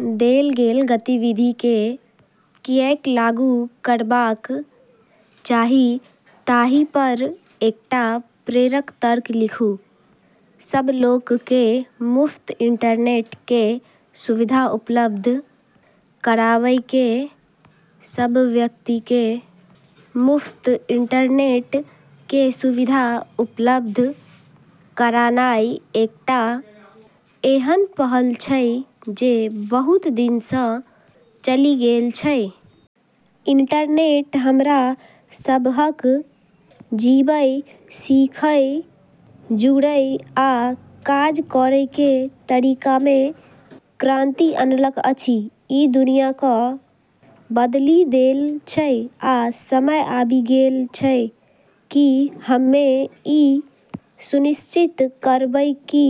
देल गेल गतिविधि कें किएक लागू करबाक चाही ताहि पर एकटा प्रेरक तर्क लिखू। सब लोक के मुफ्त इंटरनेट के सुविधा उपलब्ध कराबय के। सब व्यक्ति कें मुफ्त इंटरनेट कें सुविधा उपलब्ध करानाय एकटा एहन पहल छै जे बहुत दिन सँ चलि गेल छै। इंटरनेट हमरा सबहक जीबय, सीखय, जुड़य, आ काज करय के तरीका मे क्रांति अनलक अछि। ई दुनिया क बदली देल छै, आ समय आबि गेल छै कि हम्में ई सुनिश्चित करबै कि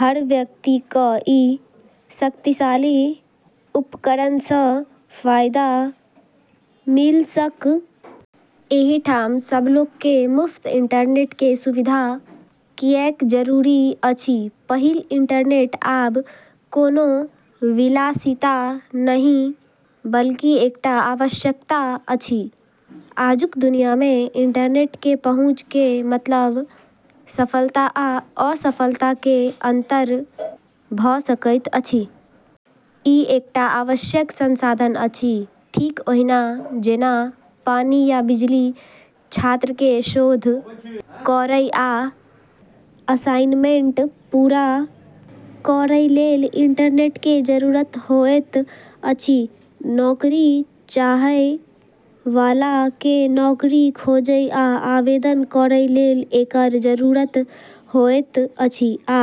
हर व्यक्ति क ई शक्तिशाली उपकरण सँ फायदा मिल सक। एहि ठाम सब लोक के मुफ्त इंटरनेट के सुविधा किएक जरूरी अछि: पहिल, इंटरनेट आब कोनो विलासिता नहि, बल्कि एकटा आवश्यकता अछि। आजुक दुनिया मे इंटरनेट के पहुंच के मतलब सफलता आ असफलता के अंतर भ सकैत अछि। ई एकटा आवश्यक संसाधन अछि, ठीक ओहिना जेना पानि या बिजली। छात्र के शोध करय आ असाइनमेंट पूरा करय लेल इंटरनेट के जरूरत होएत अछि। नौकरी चाहय वाला के नौकरी खोजय आ आवेदन करय लेल एकर जरूरत होएत अछि आ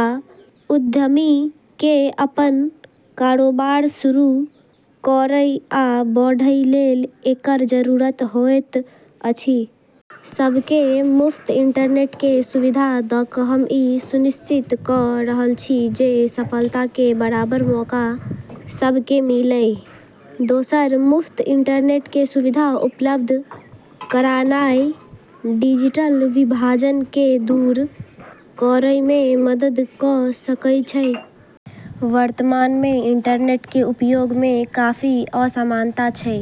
उद्यमी के अपन कारोबार शुरू करय आ बढ़य लेल एकर जरूरत होएत अछि। सबके मुफ्त इंटरनेट के सुविधा द क हम ई सुनिश्चित क रहल छी जे सफलता के बराबर मौका सभ के मिलय। दोसर, मुफ्त इंटरनेट कें सुविधा उपलब्ध करानाय डिजिटल विभाजन कें दूर करय मे मदद क सकय छै। वर्तमान मे इंटरनेट कें उपयोग मे काफी असमानता छै।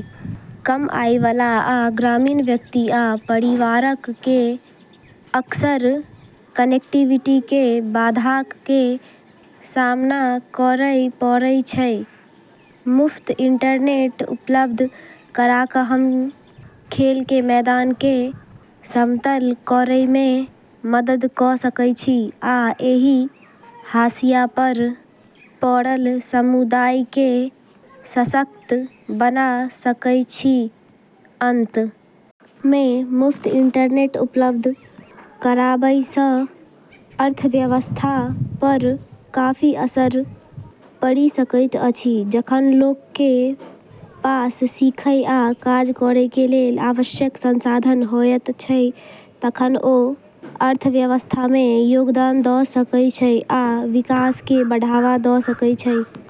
कम आय वाला आ ग्रामीण व्यक्ति आ परिवारक कें अक्सर कनेक्टिविटी कें बाधाक कें सामना करय पड़य छै। मुफ्त इंटरनेट उपलब्ध करा क हम खेल के मैदान के समतल करय मे मदद क सकय छी आ एहि हाशिया पर पड़ल समुदाय के सशक्त बना सकय छी। अंत मे, मुफ्त इंटरनेट उपलब्ध कराबय सं अर्थव्यवस्था पर काफी असर पड़ि सकैत अछि। जखन लोक कें पास सीखय आ काज करय कें लेल आवश्यक संसाधन होयत छै तखन ओ अर्थव्यवस्था मे योगदान द सकय छै आ विकास कें बढ़ावा द सकय छै।